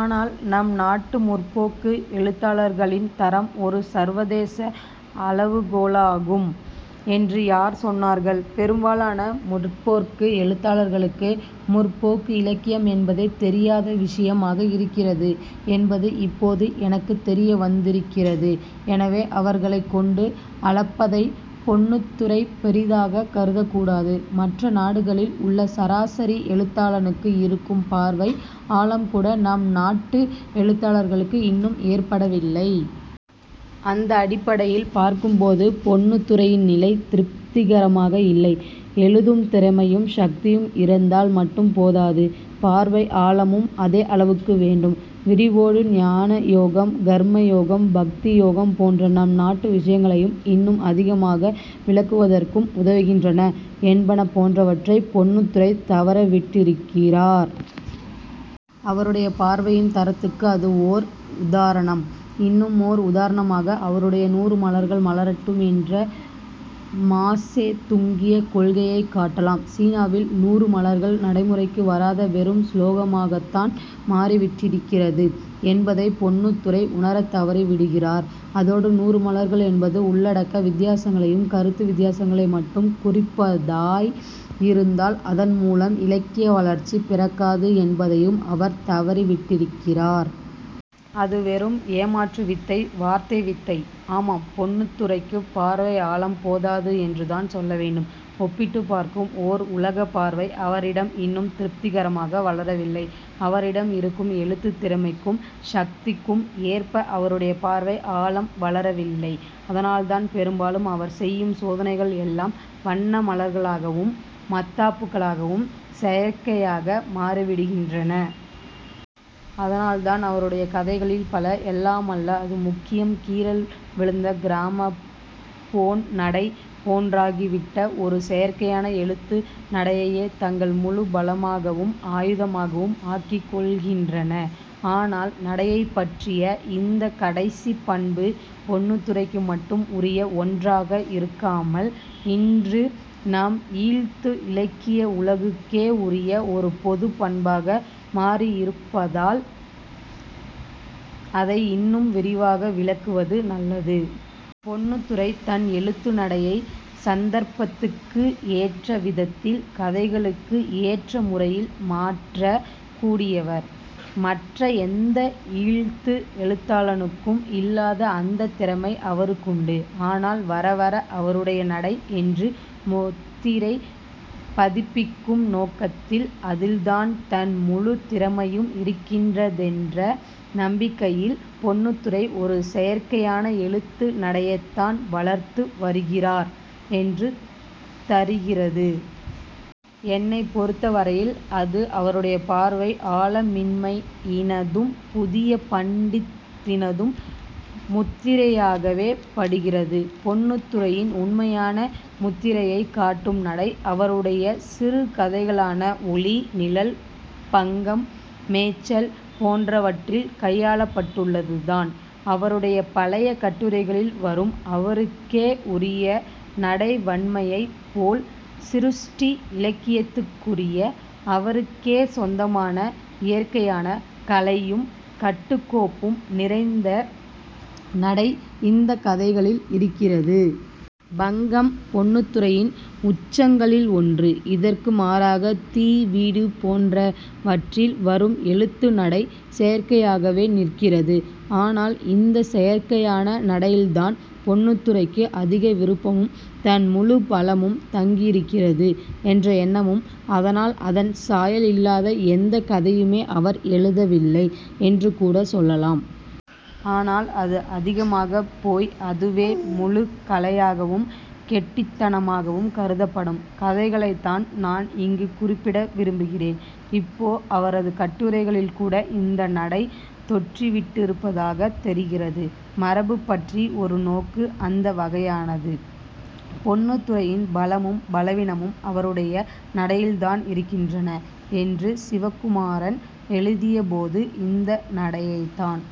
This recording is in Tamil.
ஆனால் நம் நாட்டு 'முற்போக்கு' எழுத்தாளர்களின் தரம் ஒரு சர்வதேச அளவுகோலாகும் என்று யார் சொன்னார்கள் பெரும்பாலான 'முற்போக்கு' எழுத்தாளர்களுக்கு முற்போக்கு இலக்கியம் என்பதே தெரியாத விசியமாக இருக்கிறது என்பது இப்போது எனக்குத் தெரியவந்திருக்கிறது. எனவே, அவர்களைக் கொண்டு அளப்பதைப் பொன்னுத்துரை பெரிதாக கருதக்கூடாது. மற்ற நாடுகளில் உள்ள சராசரி எழுத்தாளனுக்கு இருக்கும் பார்வை ஆழம்கூட நம் நாட்டு எழுத்தாளர்களுக்கு இன்னும் ஏற்படவில்லை. அந்த அடிப்படையில் பார்க்கும்போது பொன்னுத்துரையின் நிலை திருப்திகரமாக இல்லை. எழுதும் திறமையும் சக்தியும் இருந்தால் மட்டும் போதாது. பார்வை ஆழமும் அதே அளவுக்கு வேண்டும். விரிவோடு ஞானயோகம் கர்மயோகம் பக்தியோகம் போன்ற நம் நாட்டு விசயங்களையும் இன்னும் அதிகமாக விளக்குவதற்கும் உதவுகின்றன என்பன போன்றவற்றைப் பொன்னுத்துரை தவறவிட்டிருக்கிறார். அவருடைய பார்வையின் தரத்துக்கு அது ஓர் உதாரணம். இன்னுமோர் உதாரணமாக அவருடைய 'நூறு மலர்கள் மலரட்டும் என்ற மாசே துங்கிய கொள்கையைக் காட்டலாம். சீனாவில் 'நூறு மலர்கள்' நடைமுறைக்கு வராத வெறும் சுலோகமாகத்தான் மாறிவிட்டிருக்கிறது என்பதைப் பொன்னுத்துரை உணரத்தவறிவிடுகிறார். அதோடு 'நூறு மலர்கள்' என்பது உள்ளடக்க வித்தியாசங்களையும் கருத்து வித்தியாசங்களையும் மட்டும் குறிப்பதாய் இருந்தால் அதன்மூலம் இலக்கிய வளர்ச்சி பிறக்காது என்பதையும் அவர் தவறிவிட்டிருக்கிறார். அது வெறும் ஏமாற்றுவித்தை, வார்த்தை வித்தை. ஆமாம் பொன்னுத்துரைக்குப் பார்வை ஆழம் போதாது என்றுதான் சொல்ல வேண்டும். ஒப்பிட்டுப் பார்க்கும் ஓர் உலகப் பார்வை அவரிடம் இன்னும் திருப்திகரமாக வளரவில்லை. அவரிடம் இருக்கும் எழுத்துத் திறமைக்கும் சக்திக்கும் ஏற்ப அவருடைய பார்வை ஆழம் வளரவில்லை. அதனால்தான் பெரும்பாலும் அவர் செய்யும் சோதனைகள் எல்லாம் வண்ணமலர்களாகவும் மத்தாப்புகளாகவும் செயற்கையாக மாறிவிடுகின்றன. அதனால்தான் அவருடைய கதைகளில் பல, எல்லாமல்ல அது முக்கியம் கீறல் விழுந்த கிராமபோன் நடை போன்றாகிவிட்ட ஒரு செயற்கையான எழுத்து நடையையே தங்கள் முழு பலமாகவும் ஆயுதமாகவும் ஆக்கிக்கொள்கின்றன. ஆனால் நடையைப் பற்றிய இந்தக் கடைசிப் பண்பு பொன்னுத்துரைக்கு மட்டும் உரிய ஒன்றாக இருக்காமல் இன்று நம் ஈழ்த்து இலக்கிய உலகுக்கே உரிய ஒரு பொதுப் பண்பாக மாறியிருப்பதால் அதை இன்னும் விரிவாக விளக்குவது நல்லது. பொன்னுத்துரை தன் எழுத்து நடையைச் சந்தர்ப்பத்துக்கு ஏற்றவிதத்தில் கதைகளுக்கு ஏற்ற முறையில் மாற்றக் கூடியவர். மற்ற எந்த ஈழ்த்து எழுத்தாளனுக்கும் இல்லாத அந்தத் திறமை அவருக்குண்டு. ஆனால் வர வர அவருடைய நடை என்று முத்திரை பதிப்பிக்கும் நோக்கத்தில், அதில்தான் தன் முழுத் திறமையும் இருக்கின்றதென்ற நம்பிக்கையில் பொன்னுத்துரை ஒரு செயற்கையான எழுத்து நடையைத்தான் வளர்த்து வருகிறார் என்று தரிகிறது. என்னைப் பொருத்தவரையில் அது அவருடைய பார்வை ஆழமின்மையினதும் புதிய பண்டித்தினதும் முத்திரையாகவே படுகிறது. பொன்னுத்துரையின் உண்மையான முத்திரையைக் காட்டும் நடை, அவருடைய சிறுகதைகளான 'ஒளி', 'நிழல்', 'பங்கம்', 'மேய்ச்சல்' போன்றவற்றில் கையாளப்பட்டுள்ளதுதான். அவருடைய பழைய கட்டுரைகளில் வரும் அவருக்கே உரிய நடைவன்மையைப் போல் சிருஷ்டி இலக்கியத்துக்குரிய அவருக்கே சொந்தமான இயற்கையான கலையும் கட்டுக்கோப்பும் நிறைந்த நடை இந்தக் கதைகளில் இருக்கிறது. 'பங்கம்' பொன்னுத்துரையின் உச்சங்களில் ஒன்று. இதற்கு மாறாக 'தீ' 'வீடு' போன்றவற்றில் வரும் எழுத்து நடை செயற்கையாகவே நிற்கிறது. ஆனால் இந்தச் செயற்கையான நடையில்தான் பொன்னுத்துரைக்கு அதிக விருப்பமும், தன் முழு பலமும் தங்கியிருக்கிறது என்ற எண்ணமும். அதனால் அதன் சாயல் இல்லாத எந்தக் கதையுமே அவர் எழுதவில்லை என்று கூடச் சொல்லலாம். ஆனால் அது அதிகமாகப் போய் அதுவே முழுக் கலையாகவும் கெட்டித்தனமாகவும் கருதப்படும் கதைகளைத்தான் நான் இங்கு குறிப்பிட விரும்புகிறேன். இப்போ அவரது கட்டுரைகளில்கூட இந்த நடை தொற்றிவிட்டிருப்பதாகத் தெரிகிறது. 'மரபுபற்றி ஒரு நோக்கு' அந்த வகையானது. பொன்னுத்துரையின் பலமும் பலவீனமும் அவருடைய நடையில்தான் இருக்கின்றன என்று சிவகுமாரன் எழுதியபோது இந்த நடையைத்தான்